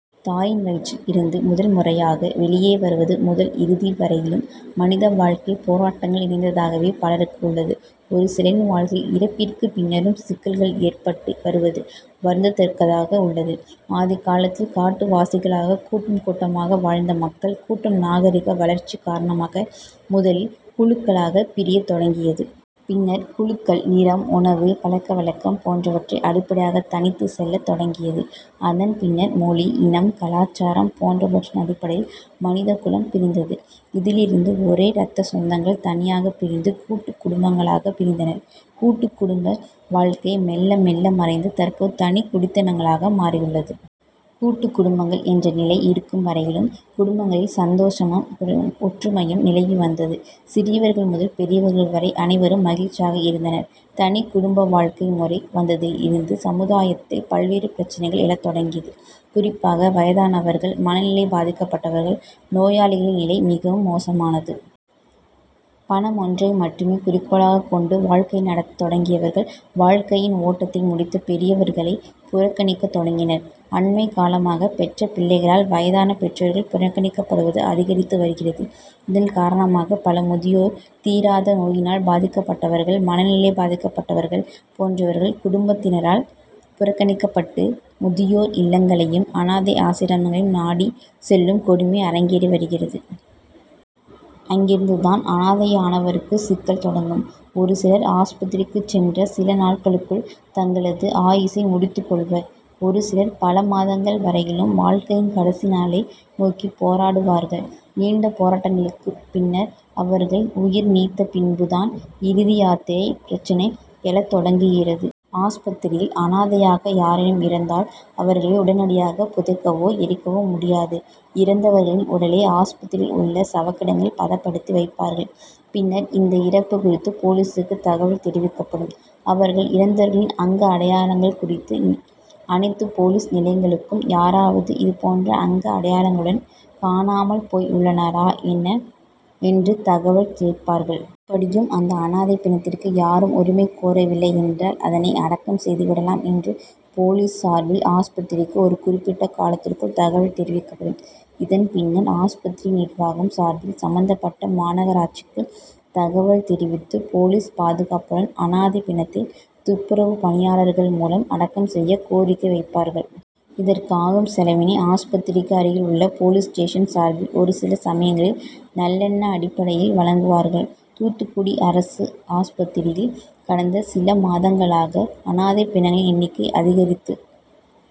தாயின் வயிற்றில் இருந்து முதல்முறையாக வெளியே வருவது முதல் இறுதிவரையிலும் மனித வாழ்க்கை போராட்டங்கள் நிறைந்ததாகவே பலருக்கு உள்ளது. ஒரு சிலரின் வாழ்க்கையில் இறப்பிற்கு பின்னரும் சிக்கல்கள் ஏற்பட்டு வருவது வருந்ததக்கதாக உள்ளது. ஆதிகாலத்தில் காட்டுவாசிகளாக கூட்டம் கூட்டமாக வாழ்ந்த மக்கள் கூட்டம் நாகரிக வளர்ச்சி காரணமாக முதலில் குழுக்களாக பிரியத் தொடங்கியது. பின்னர் குழுக்கள் நிறம், உணவு, பழக்க வழக்கம் போன்றவற்றை அடிப்படையாக தனித்து செல்லத் தொடங்கியது. அதன்பின்னர் மொழி, இனம், கலாச்சாரம் போன்றவற்றின் அடிப்படையில் மனிதகுலம் பிரிந்தது. இதிலிருந்து ஒரே ரத்தசொந்தங்கள் தனியாக பிரிந்து கூட்டு குடும்பங்களாக பிரிந்தனர். கூட்டு குடும்ப வாழ்க்கை மெல்ல மெல்ல மறைந்து தற்போது தனி குடித்தனங்களாக மாறியுள்ளது. கூட்டு குடும்பங்கள் என்ற நிலை இருக்கும் வரையிலும் குடும்பங்களில் சந்தோஷமும், ஒற்றுமையும் நிலவி வந்தது. சிறியவர்கள் முதல் பெரியவர்கள் வரை அனைவரும் மகிழ்ச்சியாக இருந்தனர். தனி குடும்ப வாழ்க்கை முறை வந்ததில் இருந்து சமுதாயத்தில் பல்வேறு பிரச்னைகள் எழத்தொடங்கியது. குறிப்பாக வயதானவர்கள், மனநிலை பாதிக்கப்பட்டவர்கள், நோயாளிகளின் நிலை மிகவும் மோசமானது. பணம் ஒன்றை மட்டுமே குறிக்கோளாக கொண்டு வாழ்க்கை நடத்த தொடங்கியவர்கள், வாழ்க்கையின் ஓட்டத்தை முடித்த பெரியவர்களை புறக்கணிக்க தொடங்கினர். அண்மை காலமாக பெற்ற பிள்ளைகளால் வயதான பெற்றோர்கள் புறக்கணிக்கப்படுவது அதிகரித்து வருகிறது. இதன் காரணமாக பல முதியோர், தீராத நோயினால் பாதிக்கப்பட்டவர்கள், மனநிலை பாதிக்கப்பட்டவர்கள் போன்றவர்கள் குடும்பத்தினரால் புறக்கணிக்கப்பட்டு முதியோர் இல்லங்களையும், அனாதை ஆசிரமங்களையும் நாடி செல்லும் கொடுமை அரங்கேறி வருகிறது. அங்கிருந்து தான் அனாதையானவருக்கு சிக்கல் தொடங்கும். ஒருசிலர் ஆஸ்பத்திரிக்கு சென்ற சில நாட்களுக்குள் தங்களது ஆயுசை முடித்து கொள்வர். ஒரு சிலர் பல மாதங்கள் வரையிலும் வாழ்க்கையின் கடைசி நாளை நோக்கி போராடுவார்கள். நீண்ட போராட்டங்களுக்கு பின்னர் அவர்கள் உயிர் நீத்த பின்பு தான் இறுதியாத்திரை பிரச்னை எழத் தொடங்குகிறது. ஆஸ்பத்திரியில் அனாதையாக யாரேனும் இறந்தால் அவர்களை உடனடியாக புதைக்கவோ, எரிக்கவோ முடியாது. இறந்தவர்களின் உடலை ஆஸ்பத்திரியில் உள்ள சவக்கிடங்கில் பதப்படுத்தி வைப்பார்கள். பின்னர் இந்த இறப்பு குறித்து போலீசுக்கு தகவல் தெரிவிக்கப்படும். அவர்கள் இறந்தவர்களின் அங்க அடையாளங்கள் குறித்து அனைத்து போலீஸ் நிலையங்களுக்கும் யாராவது இதுபோன்ற அங்க அடையாளங்களுடன் காணாமல் போய் உள்ளனரா என என்று தகவல் கேட்பார்கள். அப்படியும் இந்த அனாதை பிணத்திற்கு யாரும் உரிமை கோரவில்லை என்றால் அதனை அடக்கம் செய்துவிடலாம் என்று போலீஸ் சார்பில் ஆஸ்பத்திரிக்கு ஒரு குறிப்பிட்ட காலத்திற்குள் தகவல் தெரிவிக்கப்படும். இதன் பின்னர் ஆஸ்பத்திரி நிர்வாகம் சார்பில் சம்பந்தப்பட்ட மாநகராட்சிக்கு தகவல் தெரிவித்து போலீஸ் பாதுகாப்புடன் அனாதை பிணத்தை துப்புரவு பணியாளர்கள் மூலம் அடக்கம் செய்ய கோரிக்கை வைப்பார்கள். இதற்கு ஆகும் செலவினை ஆஸ்பத்திரிக்கு அருகில் உள்ள போலீஸ் ஸ்டேசன் சார்பில் ஒருசில சமயங்களில் நல்லெண்ண அடிப்படையில் வழங்குவார்கள். தூத்துக்குடி அரசு ஆஸ்பத்திரியில் கடந்த சில மாதங்களாக அனாதை பிணங்களின் எண்ணிக்கை அதிகரித்து